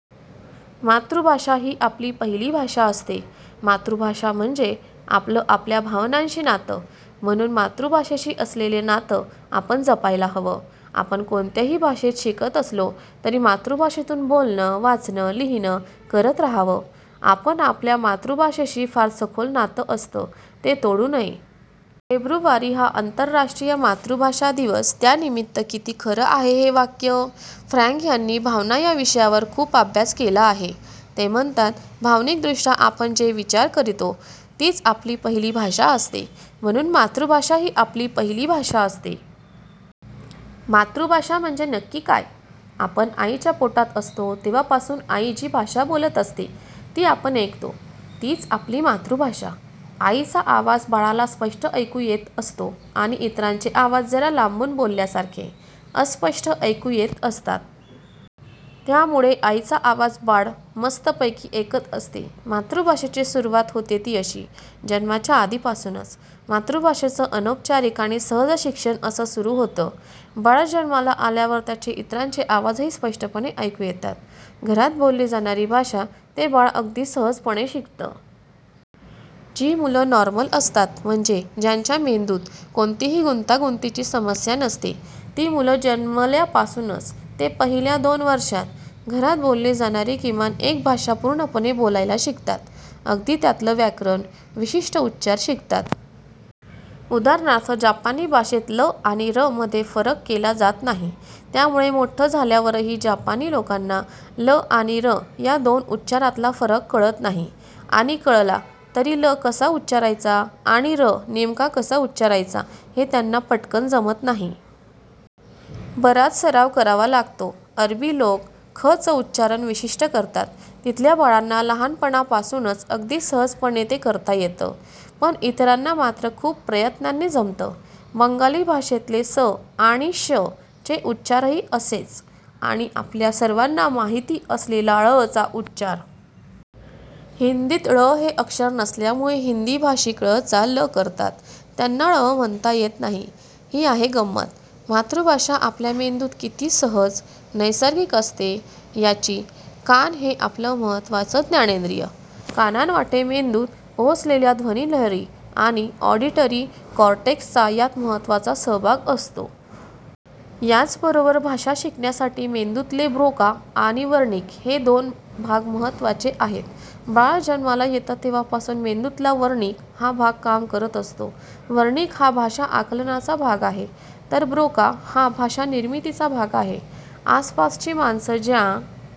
मातृभाषा ही आपली पहिली भाषा असते. मातृभाषा म्हणजेच आपलं आपल्या भावनांशी नातं; म्हणूनच मातृभाषेशी असलेलं नातं आपण जपायला हवं. आपण कोणत्याही भाषेत शिकत असलो, तरी मातृभाषेतून बोलणं, वाचणं, लिहिणं करत राहावं. आपलं आपल्या मातृभाषेशी फार सखोल नातं असतं; ते तोडू नये. फेब्रुवारी हा आंतरराष्ट्रीय मातृभाषा दिवस, त्यानिमित्त- किती खरं आहे हे वाक्य. फ्रॅंक यांनी 'भावना' या विषयावर खूप अभ्यास केला आहे. ते म्हणतात, भावनिकदृष्ट्या आपण जे विचार करतो, तीच आपली पहिली भाषा असते. म्हणूनच मातृभाषा ही आपली पहिली भाषा असते. मातृभाषा म्हणजे नक्की काय? आपण आईच्या पोटात असतो तेव्हापासून आई जी भाषा बोलत असते, ती आपण ऐकतो. तीच आपली मातृभाषा. आईचा आवाज बाळाला स्पष्ट ऐकू येत असतो आणि इतरांचे आवाज जरा लांबून बोलल्यासारखे, अस्पष्ट ऐकू येत असतात. त्यामुळे आईचा आवाज बाळ मस्तपैकी ऐकत असते. मातृभाषेची सुरुवात होते ती अशी, जन्माच्या आधीपासूनच! मातृभाषेचं अनौपचारिक आणि सहज शिक्षण असं सुरू होतं. बाळ जन्माला आल्यावर त्याला इतरांचे आवाजही स्पष्टपणे ऐकू येतात. घरात बोलली जाणारी भाषा ते बाळ अगदी सहजपणे शिकतं. जी मुलं नॉर्मल असतात, म्हणजे ज्यांच्या मेंदूत कोणतीही गुंतागुंतीची समस्या नसते, ती मुलं जन्मल्यापासून ते पहिल्या दोन वर्षांत, घरात बोलली जाणारी किमान एक भाषा पूर्णपणे बोलायला शिकतात. अगदी त्यातलं व्याकरण, विशिष्ट उच्चार शिकतात. उदा. जपानी भाषेत 'ल' आणि 'र' मध्ये फरक केला जात नाही. त्यामुळे मोठं झाल्यावरही जपानी लोकांना 'ल' आणि 'र' या दोन उच्चारांतला फरक कळत नाही. आणि कळला तरी 'ल' कसा उच्चारायचा आणि 'र' नेमका कसा उच्चारायचा, हे त्यांना पटकन जमत नाही. बराच सराव करावा लागतो. अरबी लोक 'ख'चं उच्चारण विशिष्ट करतात. तिथल्या बाळांना लहानपणापासून अगदी सहजपणे ते करता येतं. पण इतरांना मात्र खूप प्रयत्नांनी जमतं. बंगाली भाषेतले 'स' आणि 'श'चे उच्चारही असेच. आणि आपल्या सर्वांना माहीत असलेला 'ळ'चा उच्चार. हिंदीत 'ळ' हे अक्षर नसल्यामुळे हिंदी भाषिक 'ळ' चा 'ल' करतात. त्यांना 'ळ' म्हणता येत नाही. ही आहे गंमत, मातृभाषा आपल्या मेंदूत किती सहज, नैसर्गिक असते, याची! कान हे आपलं महत्त्वाचं ज्ञानेंद्रिय. कानांवाटे मेंदूत पोचलेल्या ध्वनिलहरी आणि ऑडिटरी कॉर्टेक्सचा यात महत्त्वाचा सहभाग असतो. याबरोबरच भाषा शिकण्यासाठी मेंदूतले 'ब्रोका' आणि 'वर्निक' हे दोन भाग महत्त्वाचे आहेत. बाळ जन्माला येतं तेव्हापासून मेंदूतला 'वर्निक' हा भाग काम करत असतो. 'वर्निक' हा भाषा-आकलनाचा भाग आहे; तर 'ब्रोका' हा भाषा- निर्मितीचा भाग आहे. आसपासची माणसं ज्या